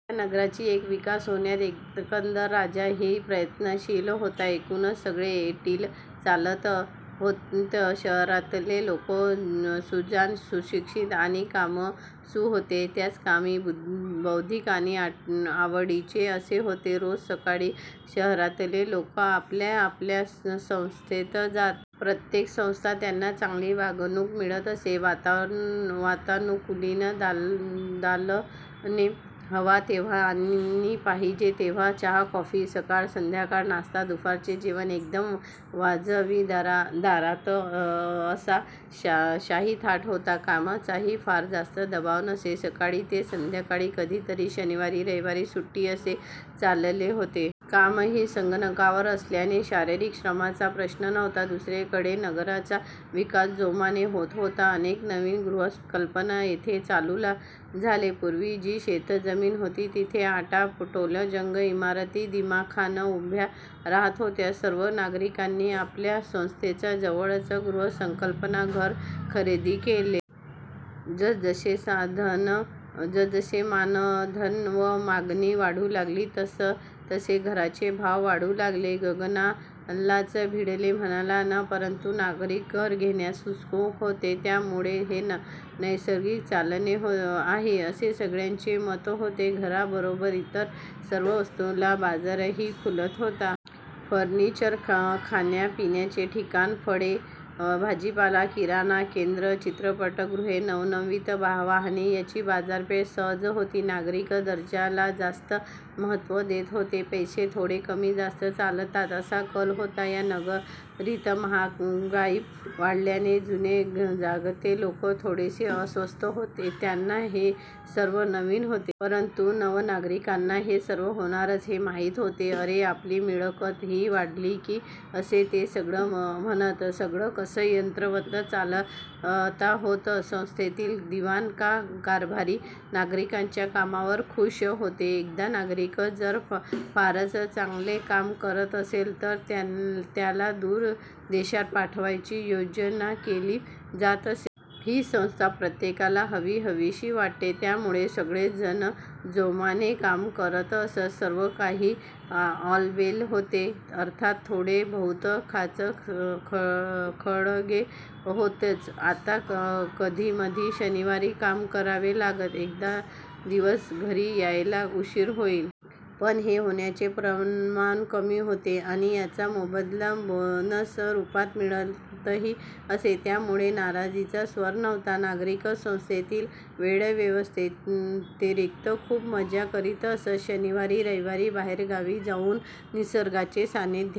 ह्या नगरीचा विकास होण्यात एकंदर राजाही प्रयत्नशील होता. एकूणच सगळं ऐटीत चालल होतं. शहरातले लोक सुजाण, सुशिक्षित आणि कामसू होते. त्यांच कामही बौद्धिक आणि आवडीचे असे होते. रोज सकाळी शहरातली लोक आपल्या आपल्या संस्थेत जात. प्रत्येक संस्थेत त्यांना चांगली वागणूक मिळत असे. वातानुकुलीत दालने, हवा तेंव्हा आणि पाहिजे तेंव्हा चहा- कॉफी, सकाळ संध्याकाळचा नाष्टा, दुपारचे जेवण एकदम वाजवी दारात असा शाही थाट होता. कामाचाही फार जास्त दबाव नसे, सकाळी ते संध्याकाळी कधीतरी, शनिवार, रविवार सुट्टी असे चालले होते. कामही संगणकावर असल्याने शारीरिक श्रमाचा प्रश्न नव्हता. दुसरीकडे नगरीचा विकास जोमाने होत होता. अनेक नवीन गृहप्रकल्प येथे चालू झाले. पूर्वी जी शेतजमीन होती, तिथे आता टोलेजंग इमारती दिमाखात उभ्या राहत होत्या. सर्व नागरीकांनी आपल्या संस्थेच्या जवळच गृहप्रकल्पात घर खरेदी केले. जसजसे मानधन व मागणी वाढू लागली तसतसे घरांचे भाव वाढू लागले, गगनालाच भिडले म्हणा ना. परंतु नागरिक घर घेण्यास उत्सुक होते, त्यामुळे हे नैस्रार्गिक चालले आहे असे सगळ्यांचे मत होते. घराबरोबरच इतर सर्व वस्तूंचा बाजारही खुलत होता. फर्निचर, खाण्या पिण्याची ठिकाणं, फळे- भाजीपाल किराणा केंद्र, चित्रपटगृहे, नवनवीन वाहने यांनी बाजारपेठ सजत होती. नागरिक दर्जा ला जास्त महत्व देत होते, पैसे थोडे कमी-जास्त चालतात असा कल होता. या नगरीत महागाई वाढल्याने जुने जाणते लोक थोडेसे अस्वस्थ होते, त्याना हे सर्व नवीन होते. परंतु नवनागरीकांना हे सर्व होणारच हे माहित होते. "अरे आपली मिळकत ही वाढली की" असे ते म्हणत. सगळं कसं यंत्रवत चालला होतं. संस्थेतील दिवाण व कारभारी नागरिकांच्या कामावर खूष होते, एखादा नागरिक जर फारच चांगले काम करत असेल तर त्याला दूर देशात पाठवायची योजना केली जात असे. ही संधी प्रत्येकाला हवी हवीशी वाटे. त्यामुळे सगळे जण जोमाने काम करीत असत. सर्व काही आलबेल होते. अर्थात थोडे बहुत खाच खळगे होतेच. आता कधीमधी शनिवारी काम करावे लागे. एखाद दिवस घरी यायला उशीर होई. पण हे होण्याचे प्रमाण कमी होते आणि याचा मोबदला बोनस रूपात मिळतही असे, त्यामुळे नाराजीचा स्वर नव्हता. नागरिक संस्थेतील वेळेव्यतिरिक्त खूप मजा करीत असत. शनिवार रविवारी बाहेरगावी जाउन निसर्गाच्या सान्निध्यात